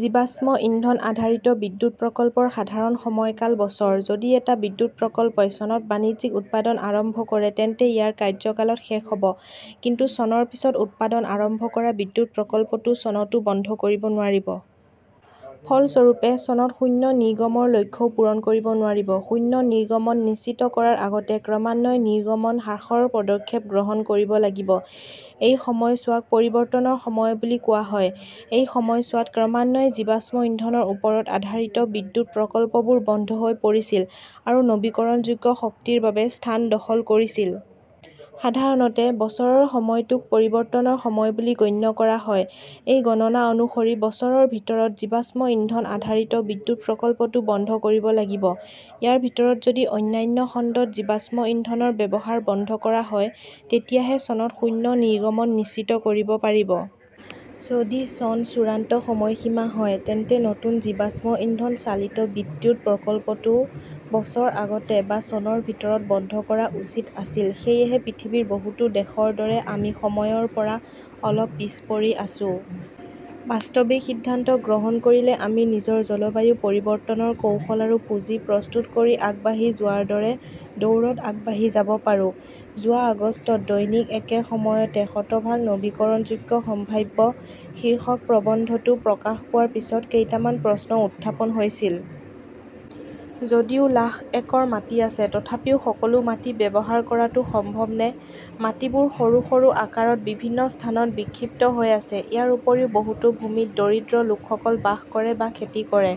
জীৱাশ্ম ইন্ধন-আধাৰিত বিদ্যুৎ প্ৰকল্পৰ সাধাৰণ সময়কাল বছৰ। যদি এটা বিদ্যুৎ প্ৰকল্পই চনত বাণিজ্যিক উৎপাদন আৰম্ভ কৰে তেন্তে ইয়াৰ কাৰ্যকাল ত শেষ হ 'ব। কিন্তু চনৰ পিছত উৎপাদন আৰম্ভ কৰা বিদ্যুৎ প্ৰকল্পটো চনতও বন্ধ কৰিব নোৱাৰি। ফলস্বৰূপে, চনত শূন্য নিৰ্গমনৰ লক্ষ্যও পূৰণ কৰিব নোৱাৰি। শূন্য নিৰ্গমন নিশ্চিত কৰাৰ আগতে ক্ৰমান্বয়ে নিৰ্গমন হ্ৰাসৰ পদক্ষেপ গ্ৰহণ কৰিব লাগিব। এই সময়ছোৱাক পৰিৱৰ্তনৰ সময় বুলি কোৱা হয়। এই সময়ছোৱাত ক্ৰমান্বয়ে জীৱাশ্ম ইন্ধনৰ ওপৰত আধাৰিত বিদ্যুৎ প্ৰকল্পবোৰ বন্ধ হৈ পৰিছিল আৰু নৱীকৰণযোগ্য শক্তিৰ বাবে স্থান দখল কৰিছিল। সাধাৰণতে বছৰৰ সময়টোক পৰিৱৰ্তনৰ সময় বুলি গণ্য কৰা হয়। এই গণনা অনুসৰি, বছৰৰ ভিতৰত জীৱাশ্ম ইন্ধন-আধাৰিত বিদ্যুৎ প্ৰকল্পটো বন্ধ কৰিব লাগিব। ইয়াৰ ভিতৰত যদি অন্যান্য খণ্ডত জীৱাশ্ম ইন্ধনৰ ব্যৱহাৰ বন্ধ কৰা হয় তেতিয়াহে চনত শূন্য নিৰ্গমন নিশ্চিত কৰিব পাৰি। যদি চন চূড়ান্ত সময়সীমা হয়, তেন্তে নতুন জীৱাশ্ম ইন্ধন চালিত বিদ্যুৎ প্ৰকল্পটো বছৰ আগতে বা চনৰ ভিতৰত বন্ধ কৰা উচিত আছিল। সেয়েহে পৃথিৱীৰ বহুতো দেশৰ দৰে আমি সময়ৰ পৰা অলপ পিছ পৰি আছো। বাস্তৱিক সিদ্ধান্ত গ্ৰহণ কৰিলে আমি নিজৰ জলবায়ু পৰিৱৰ্তনৰ কৌশল আৰু পুঁজি প্ৰস্তুত কৰি আগবাঢ়ি যোৱাৰ দৰে দৌৰত আগবাঢ়ি যাব পাৰোঁ। যোৱা আগষ্টত দৈনিক একে সময়তে 'শতভাগ নৱীকৰণযোগ্য সম্ভাৱ্য "শীৰ্ষক প্ৰবন্ধটো প্ৰকাশ পোৱাৰ পিছত কেইটামান প্ৰশ্ন উত্থাপন হৈছিল। যদিও লাখ একৰ মাটি আছে, তথাপিও সকলো মাটি ব্যৱহাৰ কৰাটো সম্ভৱনে? মাটিবোৰ সৰু সৰু আকাৰত বিভিন্ন স্থানত বিক্ষিপ্ত হৈ আছে। ইয়াৰ উপৰিও বহুতো ভূমিত দৰিদ্ৰ লোকসকল বাস কৰে বা খেতি কৰে।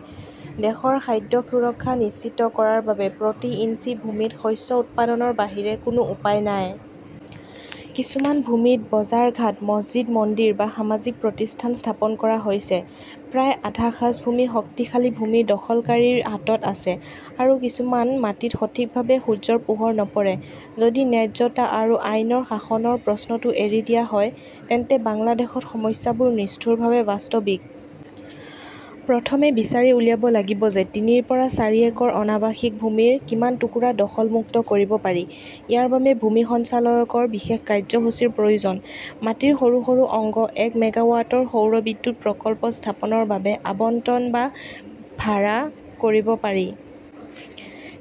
দেশৰ খাদ্য সুৰক্ষা নিশ্চিত কৰাৰ বাবে প্ৰতি ইঞ্চি ভূমিত শস্য উৎপাদনৰ বাহিৰে কোনো উপায় নাই। কিছুমান ভূমিত বজাৰঘাট, মছজিদ-মন্দিৰ বা সামাজিক প্ৰতিষ্ঠান স্থাপন কৰা হৈছে। প্ৰায় আধা খাছভূমি শক্তিশালী ভূমি দখলকাৰীৰ হাতত আছে। আৰু কিছুমান মাটিত সঠিকভাৱে সূৰ্যৰ পোহৰ নপৰে। যদি ন্যায্যতা আৰু আইনৰ শাসনৰ প্ৰশ্নটো এৰি দিয়া হয়, তেন্তে বাংলাদেশত সমস্যাবোৰ নিষ্ঠুৰভাৱে বাস্তৱিক। প্ৰথমে বিচাৰি উলিয়াব লাগিব যে তিনিৰ পৰা চাৰি একৰ অনাবাসিক ভূমিৰ কিমান টুকুৰা দখল-মুক্ত কৰিব পাৰি। ইয়াৰ বাবে ভূমি সঞ্চালকালয়ৰ বিশেষ কাৰ্যসূচীৰ প্ৰয়োজন। মাটিৰ সৰু সৰু অংশ এক মেগাৱাটৰ সৌৰ বিদ্যুৎ প্ৰকল্প স্থাপনৰ বাবে আবণ্টন বা ভাড়া কৰিব পাৰি।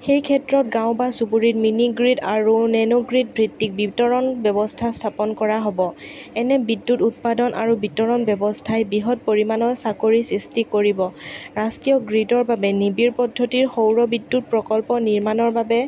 সেই ক্ষেত্ৰত গাঁৱ বা চুবুৰীত মিনিগ্ৰিড আৰু নেনোগ্ৰিড ভিত্তিক বিতৰণ ব্যৱস্থা স্থাপন কৰা হ "ব। এনে বিদ্যুৎ উৎপাদন আৰু বিতৰণ ব্যৱস্থাই বৃহৎ পৰিমাণৰ চাকৰি সৃষ্টি কৰিব। ৰাষ্ট্ৰীয় গ্ৰীডৰ বাবে নিবিড় পদ্ধতিৰ সৌৰ বিদ্যুৎ প্ৰকল্প নিৰ্মাণৰ বাবে